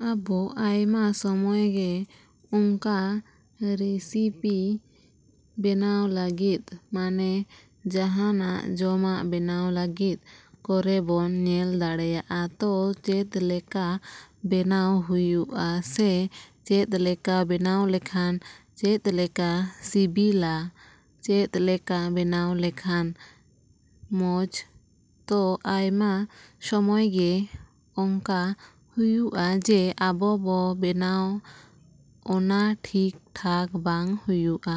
ᱟᱵᱚ ᱟᱭᱢᱟ ᱥᱚᱢᱚᱭ ᱜᱮ ᱚᱝᱠᱟ ᱨᱮᱥᱤᱯᱤ ᱵᱮᱱᱟᱣ ᱞᱟᱹᱜᱤᱫ, ᱢᱟᱱᱮ ᱡᱟᱦᱟᱱᱟᱜ ᱡᱚᱢᱟᱜ ᱵᱮᱱᱟᱣ ᱞᱟᱹᱜᱤᱫ ᱠᱚᱨᱮᱵᱚᱱ ᱧᱮᱞ ᱵᱟᱲᱟᱭᱟ᱾ ᱛᱚ, ᱪᱮᱫᱞᱮᱠᱟ ᱵᱮᱱᱟᱣ ᱦᱩᱭᱩᱜᱼᱟ ᱥᱮ ᱪᱮᱫᱞᱮᱠᱟ ᱵᱮᱱᱟᱣ ᱞᱮᱠᱷᱟᱱ ᱪᱮᱫᱞᱮᱠᱟ ᱥᱤᱵᱤᱞᱟ? ᱪᱮᱫᱞᱮᱠᱟ ᱵᱮᱱᱟᱣ ᱞᱮᱠᱷᱟᱱ ᱢᱚᱡᱽ? ᱛᱚ, ᱟᱭᱢᱟ ᱥᱚᱢᱚᱭ ᱜᱮ ᱚᱝᱠᱟ ᱦᱩᱭᱩᱜᱼᱟ ᱡᱮ, ᱟᱵᱚ ᱵᱚ ᱵᱮᱱᱟᱣ ᱚᱱᱟ ᱴᱷᱤᱠᱼᱴᱷᱟᱠ ᱵᱟᱝ ᱦᱩᱭᱩᱜᱼᱟ᱾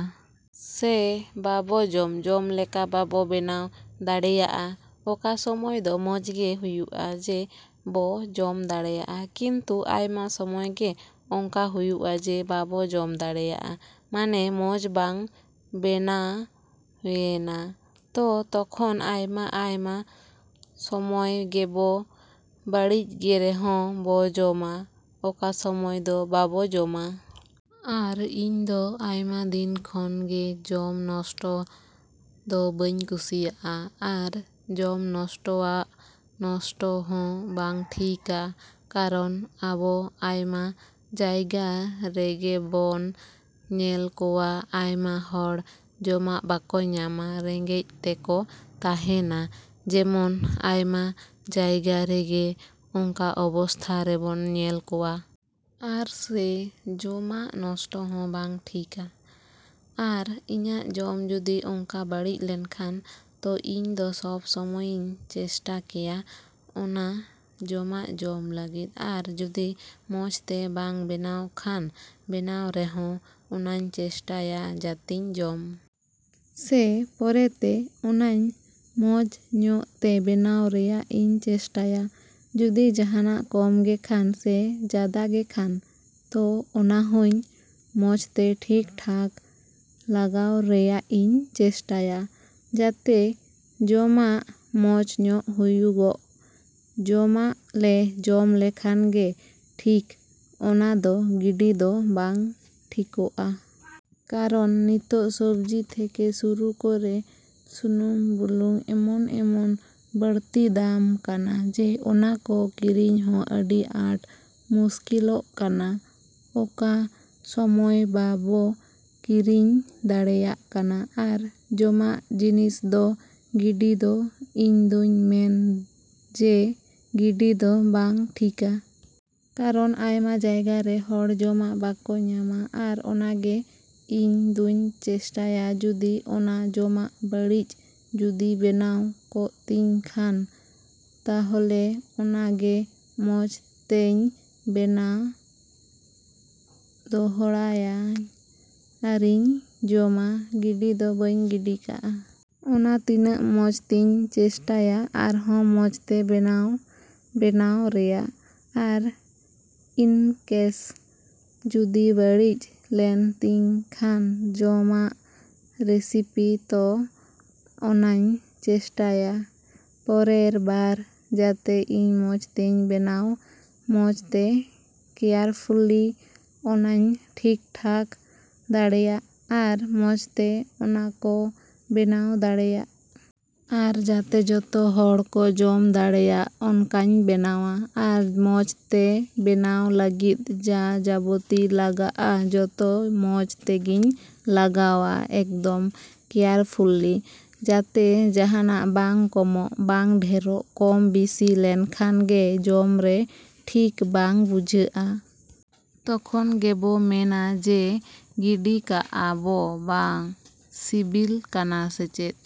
ᱥᱮ ᱵᱟᱵᱚ ᱡᱚᱢ, ᱡᱚᱢ ᱞᱮᱠᱟ ᱵᱟᱵᱚ ᱵᱮᱱᱟᱣ ᱫᱟᱲᱮᱭᱟᱜᱼᱟ᱾ ᱚᱠᱟ ᱥᱚᱢᱚᱭ ᱫᱚ ᱢᱚᱡᱽ ᱜᱮ ᱦᱩᱭᱩᱜᱼᱟ ᱡᱮ, ᱵᱚ ᱡᱚᱢ ᱫᱟᱲᱮᱭᱟᱜᱼᱟ᱾ ᱠᱤᱱᱛᱩ ᱟᱭᱢᱟ ᱥᱚᱢᱚᱭ ᱜᱮ ᱚᱝᱠᱟ ᱦᱩᱭᱩᱜᱼᱟ ᱡᱮ, ᱵᱟᱵᱚ ᱡᱚᱢ ᱫᱟᱲᱮᱭᱟᱜᱼᱟ, ᱢᱟᱱᱮ ᱢᱚᱡᱽ ᱵᱟᱝ ᱵᱮᱱᱟᱣᱮᱱᱟ᱾ ᱛᱚ, ᱛᱚᱠᱷᱚᱱ ᱟᱭᱢᱟ ᱟᱭᱢᱟ ᱥᱚᱢᱚᱭ ᱜᱮᱵᱚ ᱵᱟᱹᱲᱤᱡ ᱜᱮ ᱨᱮᱦᱚᱸ ᱵᱚ ᱡᱚᱢᱟ, ᱚᱠᱟ ᱥᱚᱢᱚᱭ ᱫᱚ ᱵᱟᱵᱚ ᱡᱚᱢᱟ᱾ ᱟᱨ ᱤᱧ ᱫᱚ ᱟᱭᱢᱟ ᱫᱤᱱ ᱠᱷᱚᱱ ᱜᱮ ᱡᱚᱢ ᱱᱚᱥᱴᱚ ᱫᱚ ᱵᱟᱹᱧ ᱠᱩᱥᱤᱭᱟᱜᱼᱟ᱾ ᱟᱨ ᱡᱚᱢ ᱱᱚᱥᱴᱚᱣᱟᱜ ᱱᱚᱥᱴᱚ ᱦᱚᱸ ᱵᱟᱝ ᱴᱷᱤᱠᱟ᱾ ᱠᱟᱨᱚᱱ ᱟᱵᱚ ᱟᱭᱢᱟ ᱡᱟᱭᱜᱟ ᱨᱮᱜᱮ ᱵᱚᱱ ᱧᱮᱞ ᱠᱚᱣᱟ ᱟᱭᱢᱟ ᱦᱚᱲ ᱡᱚᱢᱟᱜ ᱵᱟᱠᱚ ᱧᱟᱢᱟ, ᱨᱮᱸᱜᱮᱡ ᱛᱮᱠᱚ ᱛᱟᱦᱮᱱᱟ ᱡᱮᱢᱚᱱ ᱟᱭᱢᱟ ᱡᱟᱭᱜᱟ ᱨᱮᱜᱮ ᱚᱝᱠᱟ ᱚᱵᱚᱥᱛᱷᱟ ᱨᱮᱵᱚᱱ ᱧᱮᱞ ᱠᱚᱣᱟ᱾ ᱟᱨ ᱥᱮ ᱡᱚᱢᱟᱜ ᱱᱚᱥᱴᱚ ᱦᱚᱸ ᱵᱟᱝ ᱴᱷᱤᱠᱟ᱾ ᱟᱨ ᱤᱧᱟᱹᱜ ᱡᱚᱢ ᱡᱩᱫᱤ ᱚᱝᱠᱟ ᱵᱟᱹᱲᱤᱡ ᱞᱮᱱᱠᱷᱟᱱ ᱛᱚ, ᱤᱧ ᱫᱚ ᱥᱚᱵᱽ ᱥᱚᱢᱚᱭᱤᱧ ᱪᱮᱥᱴᱟ ᱠᱮᱭᱟ ᱚᱱᱟ ᱡᱚᱢᱟᱜ ᱡᱚᱢ ᱞᱟᱹᱜᱤᱫ᱾ ᱟᱨ ᱡᱩᱫᱤ ᱢᱚᱡᱽᱛᱮ ᱵᱟᱝ ᱵᱮᱱᱟᱣ ᱠᱷᱟᱱ, ᱵᱮᱱᱟᱣ ᱨᱮᱦᱚᱸ, ᱚᱱᱟᱧ ᱪᱮᱥᱴᱟᱭᱟ ᱡᱟᱛᱮᱧ ᱡᱚᱢ᱾ ᱥᱮ ᱯᱚᱨᱮᱛᱮ ᱚᱱᱟᱧ ᱢᱚᱡᱽ ᱧᱚᱜ ᱛᱮ ᱵᱮᱱᱟᱣ ᱨᱮᱭᱟᱜ ᱤᱧ ᱪᱮᱥᱴᱟᱭᱟ᱾ ᱡᱩᱫᱤ ᱡᱟᱦᱟᱱᱟᱜ ᱠᱚᱢ ᱜᱮ ᱠᱷᱟᱱ ᱥᱮ ᱡᱟᱫᱟ ᱜᱮ ᱠᱷᱟᱱ ᱛᱚ ᱚᱱᱟᱦᱚᱧ ᱢᱚᱡᱽᱛᱮ ᱴᱷᱤᱠᱼᱴᱷᱟᱠ ᱞᱟᱜᱟᱣ ᱨᱮᱭᱟᱜ ᱤᱧ ᱪᱮᱥᱴᱟᱭᱟ ᱡᱟᱛᱮ ᱡᱚᱢᱟᱜ ᱢᱚᱡᱽ ᱧᱚᱜ ᱦᱩᱭᱩᱜᱚᱜ᱾ ᱡᱚᱢᱟᱜ ᱞᱮ ᱡᱚᱢ ᱞᱮᱠᱷᱟᱱ ᱜᱮ ᱴᱷᱤᱠ ᱚᱱᱟ ᱫᱚ ᱜᱤᱰᱤ ᱫᱚ ᱵᱟᱝ ᱴᱷᱤᱠᱚᱜᱼᱟ᱾ ᱠᱟᱨᱚᱱ ᱱᱤᱛᱚᱜ ᱥᱚᱵᱽᱡᱤ ᱛᱷᱮᱠᱮ ᱥᱩᱨᱩ ᱠᱚᱨᱮ ᱥᱩᱱᱩᱢ ᱵᱩᱞᱩᱝ ᱮᱢᱚᱱ, ᱮᱢᱚᱱ ᱵᱟᱲᱛᱤ ᱫᱟᱢ ᱠᱟᱱᱟ ᱡᱮ ᱚᱱᱟ ᱠᱚ ᱠᱤᱨᱤᱧ ᱦᱚᱸ ᱟᱹᱰᱤ ᱟᱴ ᱢᱩᱥᱠᱤᱞᱚᱜ ᱠᱟᱱᱟ ᱚᱠᱟ ᱥᱚᱢᱚᱭ ᱵᱟᱵᱚ ᱠᱤᱨᱤᱧ ᱫᱟᱲᱮᱭᱟᱜ ᱠᱟᱱᱟ᱾ ᱟᱨ ᱡᱚᱢᱟᱜ ᱡᱤᱱᱤᱥ ᱫᱚ ᱜᱤᱰᱤ ᱫᱚ ᱤᱧ ᱫᱚᱧ ᱢᱮᱱ ᱡᱮ, ᱜᱤᱰᱤ ᱫᱚ ᱵᱟᱝ ᱴᱷᱤᱠᱟ᱾ ᱠᱟᱨᱚᱱ ᱟᱭᱢᱟ ᱡᱟᱭᱜᱟ ᱨᱮ ᱦᱚᱲ ᱡᱚᱢᱟᱜ ᱵᱟᱠᱚ ᱧᱟᱢᱟ᱾ ᱟᱨ ᱚᱱᱟᱜᱮ ᱤᱧ ᱫᱩᱧ ᱪᱮᱥᱴᱟᱭᱟ ᱡᱩᱫᱤ ᱚᱱᱟ ᱡᱚᱢᱟᱜ ᱵᱟᱹᱲᱤᱡ ᱡᱩᱫᱤ ᱵᱮᱱᱟᱣ ᱠᱚᱜ ᱛᱤᱧ ᱠᱷᱟᱱ ᱛᱟᱦᱚᱞᱮ ᱚᱱᱟᱜᱮ ᱢᱚᱡᱽ ᱛᱮᱧ ᱵᱮᱱᱟ ᱫᱚᱦᱲᱟᱭᱟᱹᱧ ᱟᱨᱤᱧ ᱡᱚᱢᱟ᱾ ᱜᱤᱰᱤ ᱫᱚ ᱵᱟᱹᱧ ᱜᱤᱰᱤ ᱠᱟᱜᱼᱟ᱾ ᱚᱱᱟ ᱛᱤᱱᱟᱹᱜ ᱢᱚᱡᱽᱛᱤᱧ ᱪᱮᱥᱴᱟᱭᱟ ᱟᱨᱦᱚᱸ ᱢᱚᱡᱽᱛᱮ ᱵᱮᱱᱟᱣ ᱵᱮᱱᱟᱣ ᱨᱮᱭᱟᱜ᱾ ᱟᱨ ᱤᱱᱠᱮᱥ ᱡᱩᱫᱤ ᱵᱟᱹᱲᱤᱡ ᱞᱮᱱ ᱛᱤᱧ ᱠᱷᱟᱱ ᱡᱚᱢᱟᱜ ᱨᱮᱥᱤᱯᱤ ᱛᱚ, ᱚᱱᱟᱧ ᱪᱮᱥᱴᱟᱭᱟ ᱯᱚᱨᱮᱨ ᱵᱟᱨ ᱡᱟᱛᱮ ᱤᱧ ᱢᱚᱡᱽᱛᱮᱧ ᱵᱮᱱᱟᱣ, ᱢᱚᱡᱽᱛᱮ ᱠᱮᱭᱟᱨᱯᱷᱩᱞᱞᱤ ᱚᱱᱟᱧ ᱴᱷᱤᱠᱼᱴᱷᱟᱠ ᱫᱟᱲᱮᱭᱟᱜ᱾ ᱟᱨ ᱢᱚᱡᱽᱛᱮ ᱚᱱᱟᱠᱚ ᱵᱮᱱᱟᱣ ᱫᱟᱲᱮᱭᱟᱜ᱾ ᱟᱨ ᱡᱟᱛᱮ ᱡᱚᱛᱚ ᱦᱚᱲ ᱠᱚ ᱡᱚᱢ ᱫᱟᱲᱮᱭᱟᱜ ᱚᱱᱠᱟᱧ ᱵᱮᱱᱟᱣᱟ᱾ ᱟᱨ ᱢᱚᱡᱽᱛᱮ ᱵᱮᱱᱟᱣ ᱞᱟᱹᱜᱤᱫ ᱡᱟᱼᱡᱟᱵᱚᱛᱤ ᱞᱟᱜᱟᱜᱼᱟ, ᱡᱚᱛᱚ ᱢᱚᱡᱽ ᱛᱮᱜᱮᱧ ᱞᱟᱜᱟᱣᱟ ᱮᱠᱫᱚᱢ ᱠᱮᱭᱟᱨᱯᱷᱩᱞᱞᱤ᱾ ᱡᱟᱛᱮ ᱡᱟᱦᱟᱱᱟᱜ ᱵᱟᱝ ᱠᱚᱢᱚᱜ, ᱵᱟᱝ ᱰᱷᱮᱨᱚᱜ᱾ ᱠᱚᱢ, ᱵᱤᱥᱤ ᱞᱮᱱᱠᱷᱟᱱ ᱜᱮ ᱡᱚᱢ ᱨᱮ ᱴᱷᱤᱠ ᱵᱟᱝ ᱵᱩᱡᱷᱟᱹᱜᱼᱟ᱾ ᱛᱚᱠᱷᱚᱱ ᱜᱮᱵᱚ ᱢᱮᱱᱟ ᱡᱮ, ᱜᱤᱰᱤ ᱠᱟᱜᱼᱟ ᱵᱚ ᱵᱟᱝ ᱥᱤᱵᱤᱞ ᱠᱟᱱᱟ ᱥᱮ ᱪᱮᱫ᱾